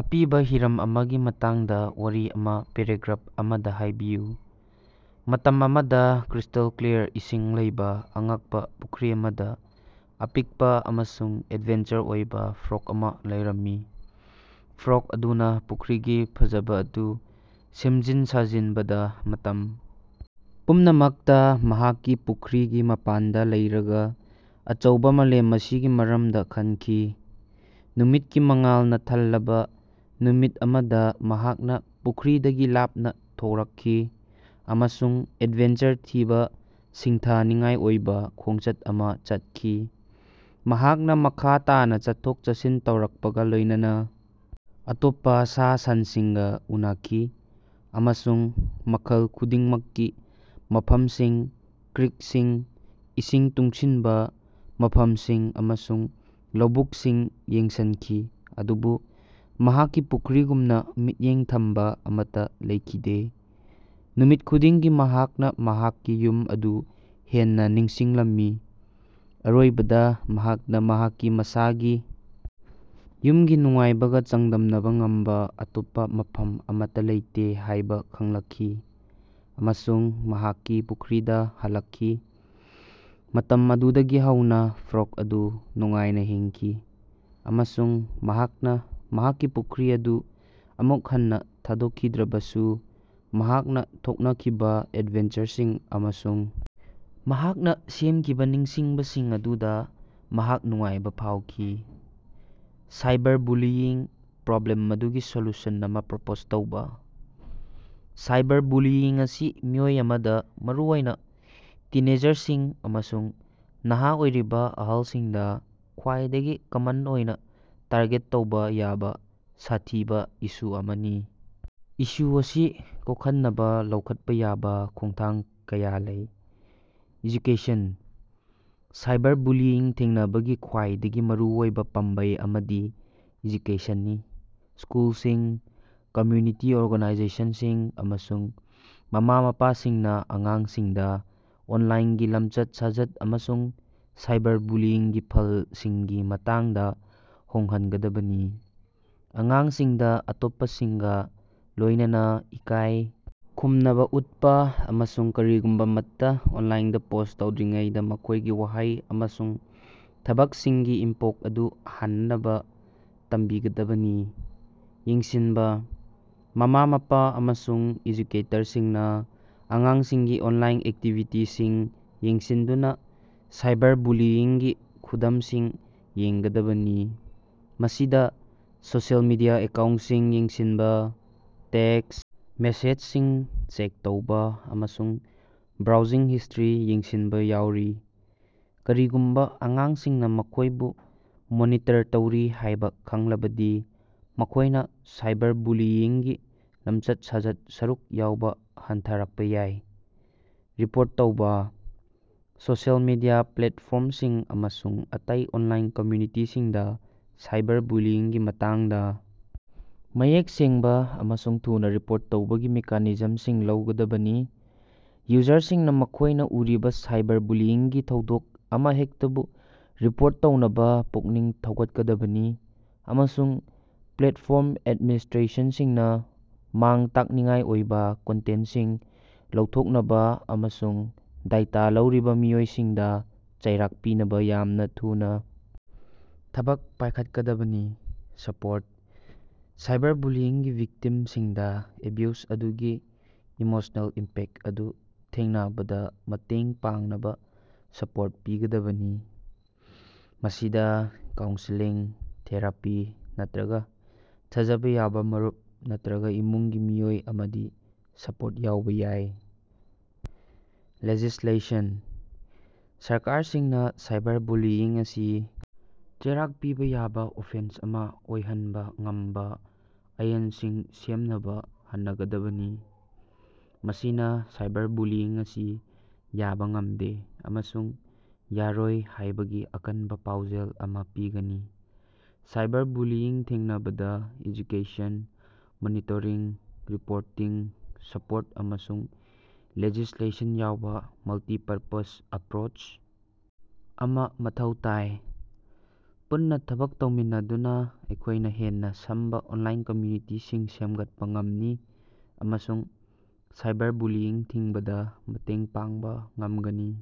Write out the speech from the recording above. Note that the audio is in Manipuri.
ꯑꯄꯤꯕꯥ ꯍꯤꯔꯝ ꯑꯃꯒꯤ ꯃꯇꯥꯡꯗ ꯋꯥꯔꯤ ꯑꯃ ꯄꯦꯔꯥꯒ꯭ꯔꯥꯐ ꯑꯃꯗ ꯍꯥꯏꯕꯤꯌꯨ꯫ ꯃꯇꯝ ꯑꯃꯗ ꯀ꯭ꯔꯤꯁ꯭ꯇꯦꯜ ꯀ꯭ꯂꯤꯌꯥꯔ ꯏꯁꯤꯡ ꯂꯩꯕꯥ ꯑꯉꯛꯄ ꯄꯨꯈ꯭ꯔꯤ ꯑꯃꯗ ꯑꯄꯤꯛꯄ ꯑꯃꯁꯨꯡ ꯑꯦꯗꯚꯦꯟꯆꯔ ꯑꯣꯏꯕ ꯐ꯭ꯔꯣꯛ ꯑꯃ ꯂꯩꯔꯝꯃꯤ꯫ ꯐ꯭ꯔꯣꯛ ꯑꯗꯨꯅ ꯄꯨꯈ꯭ꯔꯤꯒꯤ ꯐꯖꯕ ꯑꯗꯨ ꯁꯦꯝꯖꯤꯟ ꯁꯥꯖꯤꯟꯕꯗ, ꯃꯇꯝ ꯄꯨꯝꯅꯃꯛꯇ ꯃꯍꯥꯛꯀꯤ ꯄꯨꯈ꯭ꯔꯤꯒꯤ ꯃꯄꯥꯟꯗ ꯂꯩꯔꯒ ꯑꯆꯧꯕ ꯃꯥꯂꯦꯝ ꯑꯁꯤꯒꯤ ꯃꯔꯝꯗ ꯈꯟꯈꯤ꯫ ꯅꯨꯃꯤꯠꯀꯤ ꯃꯉꯥꯜꯅ ꯊꯜꯂꯕ ꯅꯨꯃꯤꯠ ꯑꯃꯗ ꯃꯍꯥꯛ ꯄꯨꯈ꯭ꯔꯤꯗꯒꯤ ꯂꯥꯞꯅ ꯊꯣꯔꯛꯈꯤ ꯑꯃꯁꯨꯡ ꯑꯦꯗꯚꯦꯟꯆꯔ ꯊꯤꯕ ꯁꯤꯡꯊꯥꯅꯤꯡꯉꯥꯏ ꯑꯣꯏꯕ ꯈꯣꯡꯆꯠ ꯑꯃ ꯆꯠꯈꯤ꯫ ꯃꯍꯥꯛꯅ ꯃꯈꯥ ꯇꯥꯅ ꯆꯠꯊꯣꯛ-ꯆꯠꯁꯤꯟ ꯇꯧꯔꯛꯄꯒ ꯂꯣꯢꯅꯅ ꯑꯇꯣꯞꯄꯥ ꯁꯥ-ꯁꯟꯁꯤꯡꯒ ꯎꯅꯈꯤ ꯑꯃꯁꯨꯡ ꯃꯈꯜ ꯈꯨꯗꯤꯡꯃꯛꯀꯤ ꯃꯐꯝꯁꯤꯡ, ꯀ꯭ꯔꯤꯛꯁꯤꯡ, ꯏꯁꯤꯡ ꯇꯨꯡꯁꯤꯟꯕ ꯃꯐꯝꯁꯤꯡ ꯑꯃꯁꯨꯡ ꯂꯧꯕꯨꯛꯁꯤꯡ ꯌꯦꯡꯁꯤꯟꯈꯤ, ꯑꯗꯨꯕꯨ ꯃꯍꯥꯛꯀꯤ ꯄꯨꯈ꯭ꯔꯤꯒꯨꯝꯅ ꯃꯤꯠꯌꯦꯡ ꯊꯝꯕ ꯑꯃꯠꯇ ꯂꯩꯈꯤꯗꯦ꯫ ꯅꯨꯃꯤꯠ ꯈꯨꯗꯤꯡꯒꯤ ꯃꯍꯥꯛꯅ ꯃꯍꯥꯛꯀꯤ ꯌꯨꯝ ꯑꯗꯨ ꯍꯦꯟꯅ ꯅꯤꯡꯁꯤꯡꯂꯝꯃꯤ꯫ ꯑꯔꯣꯏꯕꯗꯥ ꯃꯍꯥꯛꯅ ꯃꯍꯥꯛꯀꯤ ꯃꯁꯥꯒꯤ ꯌꯨꯝꯒꯤ ꯅꯨꯡꯉꯥꯏꯕꯒ ꯆꯥꯡꯗꯝꯅꯕ ꯉꯝꯕ ꯑꯇꯣꯞꯄ ꯃꯐꯝ ꯑꯃꯠꯇ ꯂꯩꯇꯦ ꯍꯥꯏꯕ ꯈꯪꯂꯛꯈꯤ, ꯑꯃꯁꯨꯡ ꯃꯍꯥꯛꯀꯤ ꯄꯨꯈ꯭ꯔꯤꯗ ꯍꯜꯂꯛꯈꯤ꯫ ꯃꯇꯝ ꯑꯗꯨꯗꯒꯤ ꯍꯧꯅꯥ ꯐ꯭ꯔꯣꯛ ꯑꯗꯨ ꯅꯨꯡꯉꯥꯏꯅ ꯍꯤꯡꯈꯤ ꯑꯃꯁꯨꯡ ꯃꯍꯥꯛꯅ ꯃꯍꯥꯛꯀꯤ ꯄꯨꯈ꯭ꯔꯤ ꯑꯗꯨ ꯑꯃꯨꯛ ꯍꯟꯅ ꯊꯥꯗꯣꯛꯈꯤꯗ꯭ꯔꯕꯁꯨ ꯃꯍꯥꯛꯅ ꯊꯦꯡꯅꯈꯤꯕꯥ ꯑꯦꯗꯚꯦꯟꯆꯔꯁꯤꯡ ꯑꯃꯁꯨꯡ ꯃꯍꯥꯛꯅ ꯁꯦꯝꯈꯤꯕ ꯅꯤꯡꯁꯤꯡꯕꯁꯤꯡ ꯑꯗꯨꯗ ꯃꯍꯥꯛ ꯅꯨꯡꯉꯥꯏꯕ ꯐꯥꯎꯈꯤ꯫ ꯁꯥꯏꯕꯔꯕꯨꯂꯤꯡꯒꯤ ꯄ꯭ꯔꯣꯕ꯭ꯂꯦꯝ ꯑꯗꯨꯒꯤ ꯁꯣꯂꯨꯁꯟ ꯑꯃ ꯄ꯭ꯔꯄꯣꯖ ꯇꯧꯕ꯫ ꯁꯥꯏꯕꯔꯕꯨꯂꯤꯡ ꯑꯁꯤ ꯃꯤꯑꯣꯏ ꯑꯃꯗ, ꯃꯔꯨꯑꯣꯢꯅ ꯇꯤꯟꯑꯦꯖꯔꯁꯤꯡ ꯑꯃꯁꯨꯡ ꯅꯍꯥ ꯑꯣꯏꯔꯤꯕ ꯑꯍꯜꯁꯤꯡꯗ, ꯈ꯭ꯋꯥꯏꯗꯒꯤ ꯀꯃꯟ ꯑꯣꯏꯅ ꯇꯥꯔꯒꯦꯠ ꯇꯧꯕ ꯌꯥꯕ ꯁꯥꯊꯤꯕ ꯏꯁꯨ ꯑꯃꯅꯤ꯫ ꯏꯁꯨ ꯑꯁꯤ ꯀꯣꯛꯍꯟꯅꯕ ꯂꯧꯈꯠꯄ ꯌꯥꯕ ꯈꯣꯡꯊꯥꯡ ꯀꯌꯥ ꯂꯩ: ꯑꯦꯖꯨꯀꯦꯁꯟ: ꯁꯥꯏꯕꯔꯕꯨꯂꯤꯡ ꯊꯦꯡꯅꯕꯒꯤ ꯈ꯭ꯋꯥꯏꯗꯒꯤ ꯃꯔꯨꯑꯣꯏꯕ ꯄꯥꯝꯕꯩ ꯑꯃꯗꯤ ꯑꯦꯖꯨꯀꯦꯁꯟꯅꯤ꯫ ꯁ꯭ꯀꯨꯜꯁꯤꯡ, ꯀꯝꯃꯨꯅꯤꯇꯤ ꯑꯣꯔꯒꯥꯅꯥꯏꯖꯦꯁꯟꯁꯤꯡ ꯑꯃꯁꯨꯡ ꯃꯃꯥ-ꯃꯄꯥꯁꯤꯡꯅ ꯑꯉꯥꯡꯁꯤꯡꯗ ꯑꯣꯟꯂꯥꯏꯟꯒꯤ ꯂꯝꯆꯠ-ꯁꯥꯖꯠ ꯑꯃꯁꯨꯡ ꯁꯥꯏꯕꯔꯕꯨꯂꯤꯡꯒꯤ ꯐꯜꯁꯤꯡꯒꯤ ꯃꯇꯥꯡꯗ ꯈꯪꯍꯟꯒꯗꯕꯅꯤ꯫ ꯑꯉꯥꯡꯁꯤꯡꯗ ꯑꯇꯣꯞꯄꯁꯤꯡꯒ ꯂꯣꯢꯅꯅ ꯏꯀꯥꯏ ꯈꯨꯝꯅꯕꯥ ꯎꯠꯄ ꯑꯃꯁꯨꯡ ꯀꯔꯤꯒꯨꯝꯕ ꯑꯃꯠꯇ ꯑꯣꯅꯂꯥꯏꯟꯗ ꯄꯣꯁ꯭ꯠ ꯇꯧꯗ꯭ꯔꯤꯉꯩꯗꯥ ꯃꯈꯣꯏꯒꯤ ꯋꯥꯍꯩ ꯑꯃꯁꯨꯡ ꯊꯕꯛꯁꯤꯡꯒꯤ ꯏꯝꯄꯦꯛ ꯑꯗꯨ ꯈꯟꯅꯅꯕ ꯇꯝꯕꯤꯒꯗꯕꯅꯤ꯫ ꯌꯦꯡꯁꯤꯟꯕꯥ: ꯃꯃꯥ-ꯃꯄꯥ ꯑꯃꯁꯨꯡ ꯑꯦꯖꯨꯀꯦꯇꯔꯁꯤꯡꯅ ꯑꯉꯥꯡꯁꯤꯡꯒꯤ ꯑꯣꯟꯂꯥꯏꯟ ꯑꯦꯛꯇꯤꯚꯤꯇꯤꯁꯤꯡ ꯌꯦꯡꯁꯤꯟꯗꯨꯅꯥ ꯁꯥꯏꯕꯔꯕꯨꯂꯤꯡꯒꯤ ꯈꯨꯗꯝꯁꯤꯡ ꯌꯦꯡꯒꯗꯕꯅꯤ꯫ ꯃꯁꯤꯗ ꯁꯣꯁꯤꯑꯦꯜ ꯃꯤꯗꯤꯌꯥ ꯑꯦꯀꯥꯎꯟꯁꯤꯡ ꯌꯦꯡꯁꯤꯟꯕꯥ, ꯇꯦꯛꯁ ꯃꯦꯁꯦꯖꯁꯤꯡ ꯆꯦꯛ ꯇꯧꯕ, ꯑꯃꯁꯨꯡ ꯕ꯭ꯔꯥꯎꯖꯤꯡ ꯍꯤꯁꯇ꯭ꯔꯤ ꯌꯦꯡꯁꯤꯟꯕꯥ ꯌꯥꯎꯔꯤ꯫ ꯀꯔꯤꯒꯨꯝꯕꯥ ꯑꯉꯥꯡꯁꯤꯡꯅ ꯃꯈꯣꯏꯕꯨ ꯃꯣꯅꯤꯇꯔ ꯇꯧꯔꯤ ꯍꯥꯏꯕ ꯈꯪꯂꯕꯗꯤ, ꯃꯈꯣꯏꯅ ꯁꯥꯏꯕꯔꯕꯨꯂꯤꯡꯒꯤ ꯂꯞꯆꯠ-ꯁꯥꯖꯠꯇ ꯁꯔꯨꯛ ꯌꯥꯕ ꯍꯟꯊꯔꯛꯄ ꯌꯥꯏ꯫ ꯔꯤꯄꯣꯔꯠ ꯇꯧꯕ: ꯁꯣꯁꯤꯑꯦꯜ ꯃꯤꯗꯤꯌꯥ ꯄ꯭ꯂꯦꯠꯐꯣꯔꯝꯁꯤꯡ ꯑꯃꯁꯨꯡ ꯑꯇꯩ ꯑꯣꯟꯂꯥꯏꯟ ꯀꯝꯃꯨꯅꯤꯇꯤꯁꯤꯡꯗ ꯁꯥꯏꯕꯔꯕꯨꯂꯤꯡꯒꯤ ꯃꯇꯥꯡꯗ ꯃꯌꯦꯛ ꯁꯦꯡꯕ ꯑꯃꯁꯨꯡ ꯊꯨꯅꯥ ꯔꯤꯄꯣꯔꯠ ꯇꯧꯕꯒꯤ ꯃꯦꯀꯥꯅꯤꯖꯝꯁꯤꯡ ꯂꯩꯒꯗꯕꯅꯤ꯫ ꯌꯨꯖꯔꯁꯤꯡꯅ ꯃꯈꯣꯢꯅ ꯎꯔꯤꯕ ꯁꯥꯏꯕꯔꯕꯨꯂꯤꯡꯒꯤ ꯊꯧꯗꯣꯛ ꯑꯃꯍꯦꯛꯇꯕꯨ ꯔꯤꯄꯣꯔꯠ ꯇꯧꯅꯕ ꯄꯨꯛꯅꯤꯡ ꯊꯧꯒꯠꯀꯗꯕꯅꯤ, ꯑꯃꯁꯨꯡ ꯄ꯭ꯂꯦꯠꯐꯣꯔꯝ ꯑꯦꯗꯃꯤꯅꯤꯁꯇ꯭ꯔꯦꯇꯔꯁꯤꯡꯅ ꯃꯥꯡ-ꯇꯥꯛꯅꯤꯡꯉꯥꯏ ꯑꯣꯏꯕ ꯀꯟꯇꯦꯟꯁꯤꯡ ꯂꯧꯊꯣꯛꯅꯕ ꯑꯃꯁꯨꯡ ꯗꯥꯏꯇꯥ ꯂꯧꯔꯤꯕ ꯃꯤꯑꯣꯏꯁꯤꯡꯗ ꯆꯩꯔꯥꯛ ꯄꯤꯅꯕꯥ ꯌꯥꯝꯅ ꯊꯨꯅꯥ ꯊꯕꯛ ꯄꯥꯢꯈꯠꯀꯗꯕꯅꯤ꯫ ꯁꯄꯣꯔꯠ: ꯁꯥꯏꯕꯔꯕꯨꯂꯤꯡꯒꯤ ꯚꯤꯛꯇꯤꯝꯁꯤꯡꯗ ꯑꯦꯕ꯭ꯌꯨꯖ ꯑꯗꯨꯒꯤ ꯏꯃꯣꯁꯅꯦꯜ ꯏꯝꯄꯦꯛ ꯑꯗꯨ ꯊꯦꯡꯅꯕꯗ ꯃꯇꯦꯡ ꯄꯥꯡꯅꯕ ꯁꯄꯣꯔꯠ ꯄꯤꯒꯗꯕꯅꯤ꯫ ꯃꯁꯤꯗ ꯀꯥꯎꯟꯁꯦꯂꯤꯡ, ꯊꯦꯔꯥꯄꯤ ꯅꯠꯇ꯭ꯔꯒ ꯊꯥꯖꯕ ꯌꯥꯕ ꯃꯔꯨꯞ ꯅꯠꯇ꯭ꯔꯒ ꯏꯃꯨꯡꯒꯤ ꯃꯤꯑꯣꯏ ꯑꯃꯗꯒꯤ ꯁꯄꯣꯔꯠ ꯌꯥꯎꯕ ꯌꯥꯏ꯫ ꯂꯦꯖꯤꯁ꯭ꯂꯦꯁꯟ: ꯁꯔꯀꯥꯔꯁꯤꯡꯅ ꯁꯥꯏꯕꯔꯕꯨꯂꯤꯡ ꯑꯁꯤ ꯆꯩꯔꯥꯛ ꯄꯤꯕ ꯌꯥꯕ ꯑꯣꯐꯦꯟꯁ ꯑꯃ ꯑꯣꯏꯍꯟꯕ ꯉꯝꯕ ꯑꯥꯏꯟꯁꯤꯡ ꯁꯦꯝꯅꯕ ꯈꯟꯅꯒꯗꯕꯅꯤ꯫ ꯃꯁꯤꯅ ꯁꯥꯏꯕꯔꯕꯨꯂꯤꯡ ꯑꯁꯤ ꯌꯥꯕ ꯉꯝꯗꯦ ꯑꯃꯁꯨꯡ ꯌꯥꯔꯣꯏ ꯍꯥꯏꯕꯒꯤ ꯑꯀꯟꯕꯥ ꯄꯥꯎꯖꯦꯜ ꯑꯃ ꯄꯤꯒꯅꯤ꯫ ꯁꯥꯏꯕꯔꯕꯨꯂꯤꯡ ꯊꯦꯡꯅꯕꯗꯥ ꯑꯦꯖꯨꯀꯦꯁꯟ, ꯃꯣꯅꯤꯇꯔꯤꯡ, ꯔꯤꯄꯣꯔꯇꯤꯡ, ꯁꯄꯣꯔꯠ ꯑꯃꯁꯨꯡ ꯂꯦꯖꯤꯁꯂꯦꯁꯟ ꯌꯥꯎꯕ ꯃꯜꯇꯤ-ꯄ꯭ꯔꯣꯡꯖ ꯑꯦꯄ꯭ꯔꯣꯁ ꯑꯃ ꯃꯊꯧ ꯇꯥꯏ꯫ ꯄꯨꯟꯅꯥ ꯊꯕꯛ ꯇꯧꯃꯤꯟꯅꯗꯨꯅ ꯑꯩꯈꯣꯏꯅ ꯍꯦꯟꯅ ꯁꯥꯐꯕ ꯑꯣꯅꯂꯥꯏꯟ ꯀꯝꯃꯨꯅꯤꯇꯤꯁꯤꯡ ꯁꯦꯝꯒꯠꯄ ꯉꯝꯒꯅꯤ ꯑꯃꯁꯨꯡ ꯁꯥꯏꯕꯔꯕꯨꯂꯤꯡ ꯊꯤꯡꯕꯗꯥ ꯃꯇꯦꯡ ꯄꯥꯡꯕ ꯉꯝꯒꯅꯤ꯫